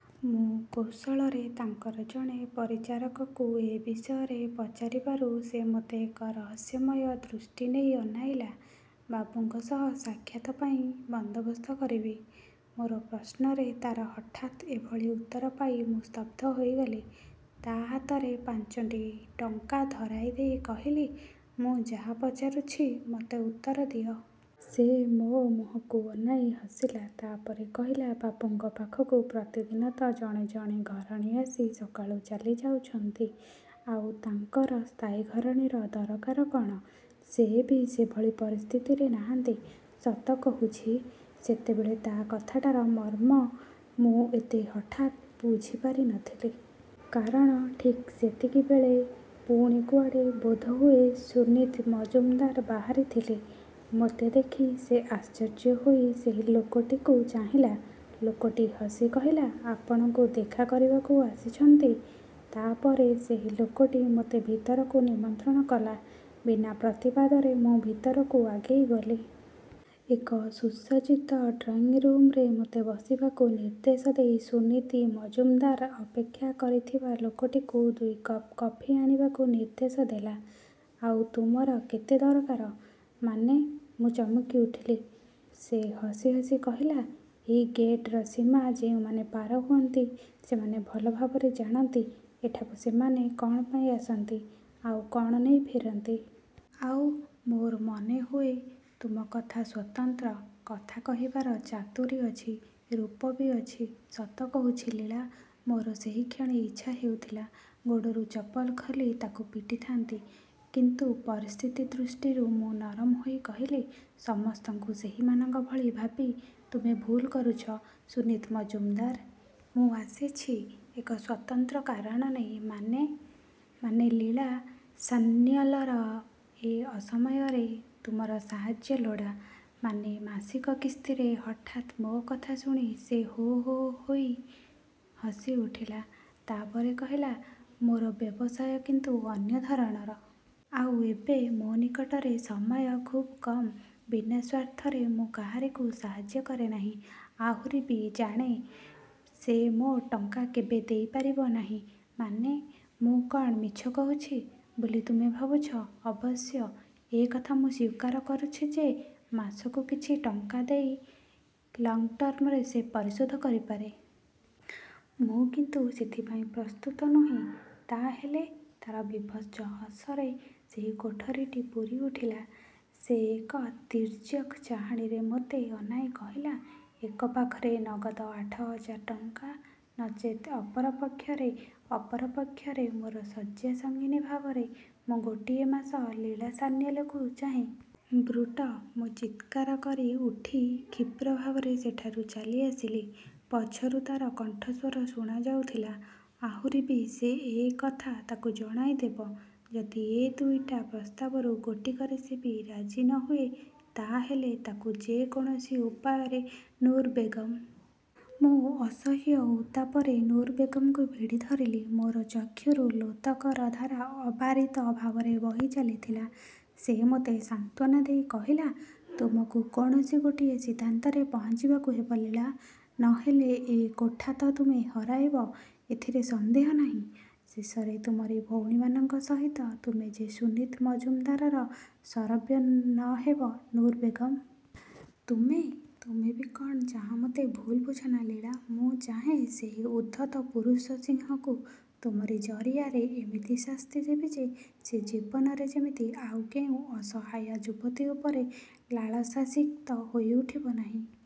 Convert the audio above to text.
ମୁଁ କୌଶଳରେ ତାଙ୍କର ଜଣେ ପରିଚାରକକୁ ଏ ବିଷୟରେ ପଚାରିବାରୁ ସେ ମୋତେ ଏକ ରହସ୍ୟମୟ ଦୃଷ୍ଟି ନେଇ ଅନାଇଲା। ବାବୁଙ୍କ ସହ ସାକ୍ଷାତ ପାଇଁ ବନ୍ଦୋବସ୍ତ କରିବି? ମୋର ପ୍ରଶ୍ନରେ ତାର ହଠାତ୍ ଏଭଳି ଉତ୍ତର ପାଇ ମୁଁ ସ୍ତବ୍ଧ ହୋଇଗଲି। ତା ହାତରେ ପାଞ୍ଚଟି ଟଙ୍କା ଧରାଇ ଦେଇ କହିଲି, ମୁଁ ଯାହା ପଚାରୁଛି, ମୋତେ ଉତ୍ତର ଦିଅ। ସେ ମୋ ମୁହଁକୁ ଅନାଇ ହସିଲା। ତା ପରେ କହିଲା, ବାବୁଙ୍କ ପାଖକୁ ପ୍ରତିଦିନ ତ ଜଣେ ଜଣେ ଘରଣୀ ଆସି ସକାଳୁ ଚାଲି ଯାଉଛନ୍ତି, ଆଉ ତାଙ୍କର ସ୍ଥାୟୀ ଘରଣୀର ଦରକାର କଣ? ସେ ବି ସେଭଳି ପରିସ୍ଥିତିରେ ନାହାନ୍ତି। ସତ କହୁଛି, ସେତେବେଳେ ତା କଥାଟାର ମର୍ମ ମୁଁ ଏତେ ହଠାତ୍ ବୁଝିପାରିନଥିଲି। କାରଣ ଠିକ୍ ସେତିକିବେଳେ ପୁଣି କୁଆଡ଼େ ବୋଧହୁଏ ସୁନୀତି ମଜୁମଦାର ବାହାରିଥିଲା। ମୋତେ ଦେଖି ସେ ଆଶ୍ଚର୍ଯ୍ୟ ହୋଇ ସେହି ଲୋକଟିକୁ ଚାହିଁଲା। ଲୋକଟି ହସି କହିଲା, ଆପଣଙ୍କୁ ଦେଖା କରିବାକୁ ଆସିଛନ୍ତି। ତା ପରେ ସେହି ଲୋକଟି ମୋତେ ଭିତରକୁ ନିମନ୍ତ୍ରଣ କଲା। ବିନା ପ୍ରତିବାଦରେ ମୁଁ ଭିତରକୁ ଆଗେଇ ଗଲି। ଏକ ସୁସଜ୍ଜିତ ଡ୍ରଇଁ ରୁମରେ ମୋତେ ବସିବାକୁ ନିର୍ଦ୍ଦେଶ ଦେଇ ସୁନୀତି ମଜୁମଦାର ଅପେକ୍ଷା କରିଥିବା ଲୋକଟିକୁ ଦୁଇ କପ୍ କଫି ଆଣିବାକୁ ନିର୍ଦ୍ଦେଶ ଦେଲା। ଆଉ ତୁମର କେତେ ଦରକାର? ମାନେ? ମୁଁ ଚମକିଉଠିଲି। ସେ ହସି ହସି କହିଲା ଏହି ଗେଟର ସୀମା ଯେଉଁମାନେ ପାର ହୁଅନ୍ତି, ସେମାନେ ଭଲ ଭାବରେ ଜାଣନ୍ତି ଏଠାକୁ ସେମାନେ କଣ ପାଇଁ ଆସନ୍ତି, ଆଉ କଣ ନେଇ ଫେରନ୍ତି। ଆଉ ମୋର ମନେହୁଏ ତୁମ କଥା ସ୍ୱତନ୍ତ୍ର। କଥା କହିବାର ଚାତୁରୀ ଅଛି ରୂପ ବି ଅଛି। ସତ କହୁଛି ଲୀଳା, ମୋର ସେହିକ୍ଷଣି ଇଚ୍ଛା ହେଉଥିଲା, ଗୋଡ଼ରୁ ଚପଲ ଖୋଲି ତାକୁ ପିଟିଥାନ୍ତି। କିନ୍ତୁ ପରିସ୍ଥିତି ଦୃଷ୍ଟିରୁ ମୁଁ ନରମ ହୋଇ କହିଲି, ସମସ୍ତଙ୍କୁ ସେହିମାନଙ୍କ ଭଳି ଭାବି ତୁମେ ଭୁଲ୍ କରୁଛ ସୁନୀତି ମଜୁମଦାର। ମୁଁ ଆସିଛି ଏକ ସ୍ୱତନ୍ତ୍ର କାରଣ ନେଇ। ମାନେ? ମାନେ, ଲୀଳା ସାନ୍ନ୍ୟାଲର ଏ ଅସମୟରେ ତୁମର ସାହାଯ୍ୟ ଲୋଡ଼ା। ମାନେ ମାସିକ କିସ୍ତିରେ ହଠାତ୍ ମୋ କଥା ଶୁଣି ସେ ହୋ ହୋ ହୋଇ ହସିଉଠିଲା। ତା ପରେ କହିଲା, ମୋର ବ୍ୟବସାୟ କିନ୍ତୁ ଅନ୍ୟ ଧରଣର। ଆଉ ଏବେ ମୋ ନିକଟରେ ସମୟ ଖୁବ୍ କମ୍। ବିନା ସ୍ୱାର୍ଥରେ ମୁଁ କାହାରିକୁ ସାହାଯ୍ୟ କରେ ନାହିଁ। ଆହୁରି ବି ମୁଁ ଜାଣେ, ସେ ମୋ ଟଙ୍କା କେବେ ଦେଇପାରିବ ନାହିଁ। ମାନେ? ମୁଁ କଣ ମିଛ କହୁଛି ବୋଲି ତୁମେ ଭାବୁଛ? ଅବଶ୍ୟ ଏ କଥା ମୁଁ ସ୍ୱୀକାର କରୁଛି ଯେ, ମାସକୁ କିଛି କିଛି ଟଙ୍କା ଦେଇ ଲଙ୍ଗ୍ ଟର୍ମରେ ସେ ପରିଶୋଧ କରିପାରେ। ମୁଁ କିନ୍ତୁ ସେଥିପାଇଁ ପ୍ରସ୍ତୁତ ନୁହେଁ। ତା ହେଲେ? ତାର ବୀଭତ୍ସ ହସରେ ସେହି କୋଠରିଟି ପୂରିଉଠିଲା। ସେ ଏକ ତୀର୍ଯ୍ୟକ୍ ଚାହାଣୀରେ ମୋତେ ଅନାଇ କହିଲା, ଏକ ପାଖରେ ନଗଦ ଆଠ ହଜାର ଟଙ୍କା, ନଚେତ୍ ଅପର ପକ୍ଷରେ ଅପର ପକ୍ଷରେ? ମୋର ଶଯ୍ୟାସଙ୍ଗିନୀ ଭାବରେ ମୁଁ ଗୋଟାଏ ମାସ ଲୀଳା ସାନ୍ନ୍ୟାଲକୁ ଚାହେଁ। ବ୍ରୁଟ! ମୁଁ ଚିତ୍କାର କରିଉଠି କ୍ଷୀପ୍ର ଭାବରେ ସେଠାରୁ ଚାଲିଆସିଲି। ପଛରୁ ତାର କଣ୍ଠସ୍ୱର ଶୁଣାଯାଉଥିଲା, ଆହୁରି ବି ଏ କଥା ତାକୁ ଜଣାଇଦେବ, ଯଦି ଏ ଦୁଇଟା ପ୍ରସ୍ତାବରୁ ଗୋଟିକରେ ବି ସେ ରାଜି ନ ହୁଏ, ତା ହେଲେ ତାକୁ ଯେ କୌଣସି ଉପାୟରେ ନୁରୁ ବେଗମ୍! ମୁଁ ଅସହ୍ୟ ଉତ୍ତାପରେ ନୁରୁ ବେଗମ୍‌କୁ ଭିଡ଼ିଧରିଲି। ମୋର ଚକ୍ଷୁରୁ ଲୋତକର ଧାରା ଅବାରିତ ଭାବରେ ବହି ଚାଲିଥିଲା। ସେ ମୋତେ ସାନ୍ତ୍ୱନା ଦେଇ କହିଲା, ତୁମକୁ କୌଣସି ଗୋଟିଏ ସିଦ୍ଧାନ୍ତରେ ପହଞ୍ଚିବାକୁ ହେବ, ଲୀଳା। ନ ହେଲେ ଏ କୋଠା ତ ତୁମେ ହରାଇବ ଏଥିରେ ସନ୍ଦେହ ନାହିଁ, ଶେଷରେ ତୁମରି ଭଉଣୀମାନଙ୍କ ସହିତ ତୁମେ ଯେ ସୁନୀତି ମଜୁମଦାରର ଶରବ୍ୟ ନ ହେବ ନୁରୁ ବେଗମ୍! ତୁମେ, ତୁମେ ବି କଣ ଚାହଁ ମୋତେ ଭୁଲ୍ ବୁଝନା ଲୀଳା। ମୁଁ ଚାହେଁ ସେହି ଉଦ୍ଧତ ପୁରୁଷ ସିଂହକୁ ତୁମରି ଜରିଆରେ ଏମିତି ଶାସ୍ତି ଦେବି ଯେ, ସେ ଜୀବନରେ ଯେମିତି ଆଉ କେଉଁ ଅସହାୟା ଯୁବତୀ ଉପରେ ଲାଳସାସିକ୍ତ ହୋଇଉଠିବ ନାହିଁ।